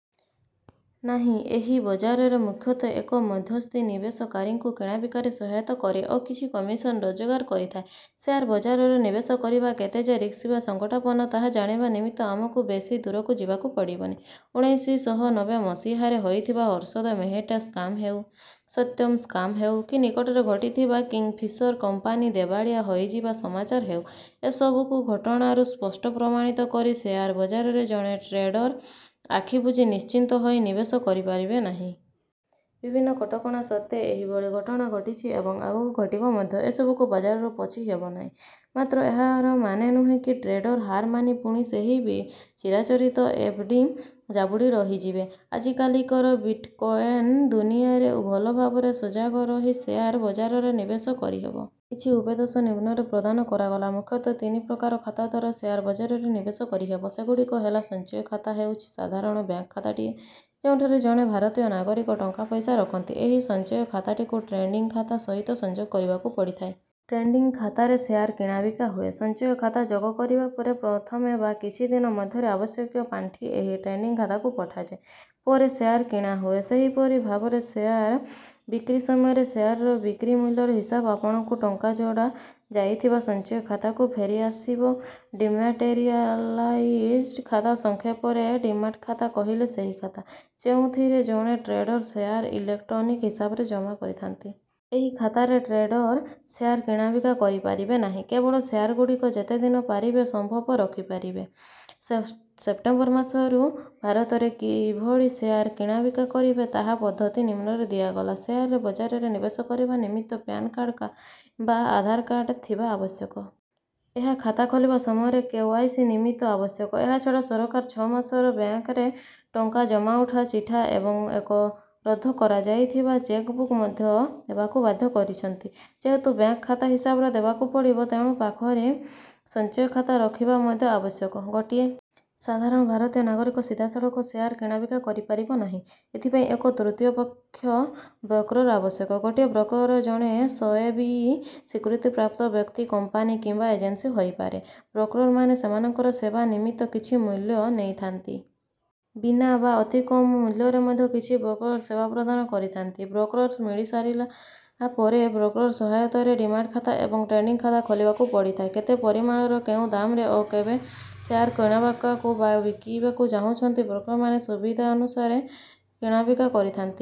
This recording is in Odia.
ନାହିଁ। ଏହି ବଜାରରେ ମୁଖ୍ୟତଃ ଏକ ମଧ୍ୟସ୍ଥି ନିବେଶକାରୀଙ୍କୁ କିଣାବିକାରେ ସହାୟତା କରେ ଓ କିଛି କମିଶନ ରୋଜଗାର କରିଥାଏ। ଶେୟାର ବଜାରରେ ନିବେଶ କରିବା କେତେଯେ ରିସ୍କି ବା ସଙ୍କଟାପନ୍ନ, ତାହା ଜାଣିବା ନିମିତ୍ତ ଆମକୁ ବେଶୀ ଦୂରକୁ ଯିବାକୁ ପଡ଼ିବନି। ଉଣେଇଶି ଶହ ନବେ ମସିହା ରେ ହୋଇଥିବା ହର୍ଷଦ ମେହେଟ୍ଟା ସ୍କାମ୍‌ ହେଉ, ସତ୍ୟମ୍‌ ସ୍କାମ୍‌ ହେଉ, କି ନିକଟରେ ଘଟିଥିବା କିଙ୍ଗଫିସର କମ୍ପାନୀ ଦେବାଳିଆ ହୋଇଯିବା ସମାଚାର ହେଉ, ଏସବୁ ଘଟଣାରୁ ସ୍ପଷ୍ଟ ପ୍ରମାଣିତ କି ଶେୟାର ବଜାରରେ ଜଣେ ଟ୍ରେଡର ଆଖିବୁଜି ନିଶ୍ଚିନ୍ତ ହୋଇ ନିବେଶ କରିପାରିବେ ନାହିଁ। ବିଭିନ୍ନ କଟକଣା ସତ୍ତ୍ୱେ ଏଭଳି ଘଟଣା ଘଟିଛି ଏବଂ ଆଗକୁ ଘଟିବ ମଧ୍ୟ, ଏସବୁକୁ ବଜାରରୁ ପୋଛି ହେବନାହିଁ। ମାତ୍ର ଏହାର ମାନେ ନୁହେଁ କି ଟ୍ରେଡର ହାର ମାନି ପୁଣି ସେହି ଚିରାଚରିତ ଏଫ୍‌ଡି ଜାବୁଡ଼ି ରହିଯିବେ। ଆଜିକାଲିକାର ବିଟ୍‌କଏନ୍‌ ଦୁନିଆରେ ଭଲ ଭାବରେ ସଜାଗ ରହି ଶେୟାର ବଜାରରେ ନିବେଶ କରିହେବ। କିଛି ଉପଦେଶ ନିମ୍ନରେ ପ୍ରଦାନ କରାଗଲା। ମୁଖ୍ୟତଃ ତିନି ପ୍ରକାରର ଖାତା ଦ୍ୱାରା ଶେୟାର ବଜାରରେ ନିବେଶ କରିହେବ। ସେଗୁଡ଼ିକ ହେଲାସଞ୍ଚୟ ଖାତା ହେଉଛି ସାଧାରଣ ବ୍ୟାଙ୍କ ଖାତାଟିଏ, ଯେଉଁଠାରେ ଜଣେ ଭାରତୀୟ ନାଗରିକ ଟଙ୍କାପଇସା ରଖନ୍ତି। ଏହି ସଞ୍ଚୟ ଖାତାଟିକୁ ଟ୍ରେଡିଂ ଖାତା ସହିତ ସଂଯୋଗ କରିବାକୁ ପଡ଼ିଥାଏ। ଟ୍ରେଡିଂ ଖାତାରେ ଶେୟାର କିଣାବିକା ହୁଏ। ସଞ୍ଚୟ ଖାତା ଯୋଗ କରିବା ପରେ, ପ୍ରଥମେ ବା କିଛି ଦିନ ମଧ୍ୟରେ ଆବଶ୍ୟକୀୟ ପାଣ୍ଠି ଏହି ଟ୍ରେଡିଂ ଖାତାକୁ ପଠାଯାଏ, ପରେ ଶେୟାର କିଣା ହୁଏ। ସେହିପରି ଭାବେରେ ଶେୟାର ବିକ୍ରି ସମୟରେ ଶେୟାରର ବିକ୍ରି ମୂଲ୍ୟ ହିସାବରେ ଆପଣଙ୍କୁ ଟଙ୍କା ଯୋଡ଼ା ଯାଇଥିବା ସଞ୍ଚୟ ଖାତାକୁ ଫେରିଆସିବଡିମ୍ୟାଟେରିଆଲାଇଜ୍‌ଡ ଖାତା, ସଂକ୍ଷେପରେ ଡିମାଟ୍‌ ଖାତା କହିଲେ ସେହି ଖାତା, ଯେଉଁଥିରେ ଜଣେ ଟ୍ରେଡର ଶେୟାର ଇଲେକ୍ଟ୍ରୋନିକ୍ସ ହିସାବରେ ଜମା କରିଥାନ୍ତି। ଏହି ଖାତାରେ ଟ୍ରେଡର ଶେୟାର କିଣାବିକା କରିପାରିବେ ନାହିଁ; କେବଳ ଶେୟାରଗୁଡ଼ିକ ଯେତେଦିନ ପାରିବେ ସମ୍ଭବ ରଖିପାରିବେ। ସେପ ସେପ୍ଟେମ୍ବର ମାସରୁ ଭାରତରେ କିଭଳି ଶେୟାର କିଣାବିକା କରିବେ, ତାହାର ପଦ୍ଧତି ନିମ୍ନରେ ଦିଆଗଲାଶେୟାର ବଜାରରେ ନିବେଶ କରିବା ନିମିତ୍ତ ପ୍ୟାନ୍‌ କାର୍ଡ଼ କିମ୍ବା ଆଧାର କାର୍ଡ଼ ଥିବା ଆବଶ୍ୟକ। ଏହା ଖାତା ଖୋଲିବା ସମୟରେ କେ.ୱାଇ.ସି. ନିମିତ୍ତ ଆବଶ୍ୟକ। ଏହାଛଡ଼ା ସରକାର ଛଅ ମାସର ବ୍ୟାଙ୍କରେ ଟଙ୍କା ଜମା-ଉଠା ଚିଠା ଏବଂ ଏକ ରଦ୍ଦ କରାଯାଇଥିବା ଚେକ୍‌ବୁକ୍‌ ମଧ୍ୟ ଦେବାକୁ ବାଧ୍ୟ କରିଛନ୍ତି। ଯେହେତୁ ବ୍ୟାଙ୍କ ଖାତା ହିସାବ ଦେବାକୁ ପଡ଼ିବ, ତେଣୁ ପାଖରେ ସଞ୍ଚୟ ଖାତା ରଖିବା ମଧ୍ୟ ଆବଶ୍ୟକ। ଗୋଟିଏ ସାଧାରଣ ଭାରତୀୟ ନାଗରିକ ସିଧାସଳଖ ଶେୟାର କିଣାବିକା କରିପାରିବ ନାହିଁ, ଏଥିପାଇଁ ଏକ ତୃତୀୟ ପକ୍ଷ, ବ୍ରୋକର ଆବଶ୍ୟକ। ଗୋଟିଏ ବ୍ରୋକର ଜଣେ ସ ଏ ବି ଇ ସ୍ୱୀକୃତିପ୍ରାପ୍ତ ବ୍ୟକ୍ତି, କମ୍ପାନୀ କିମ୍ବା ଏଜେନ୍ସି ହୋଇପାରେ। ବ୍ରୋକରମାନେ ସେମାନଙ୍କର ସେବା ନିମିତ୍ତ କିଛି ମୂଲ୍ୟ ନେଇଥାନ୍ତି। ବିନା ବା ଅତିକମ୍‌ ମୂଲ୍ୟରେ ମଧ୍ୟ କିଛି ବ୍ରୋକର ସେବା ପ୍ରଦାନ କରିଥାନ୍ତି। ବ୍ରୋକର ମିଳିସାରିଲା ପରେ ବ୍ରୋକର ସହାୟତାରେ ଡିମାଟ୍‌ ଖାତା ଏବଂ ଟ୍ରେଡିଂ ଖାତା ଖୋଲିବାକୁ ପଡ଼ିଥାଏ। କେତେ ପରିମାଣର, କେଉଁ ଦାମ୍‌ରେ ଓ କେବେ ଶେୟାର କିଣାବକାକୁ ବା ବିକିବାକୁ ଚାହୁଁଛନ୍ତି, ବ୍ରୋକରମାନେ ସୁବିଧାନୁସାରେ କିଣାବିକା କରିଥାନ୍ତି।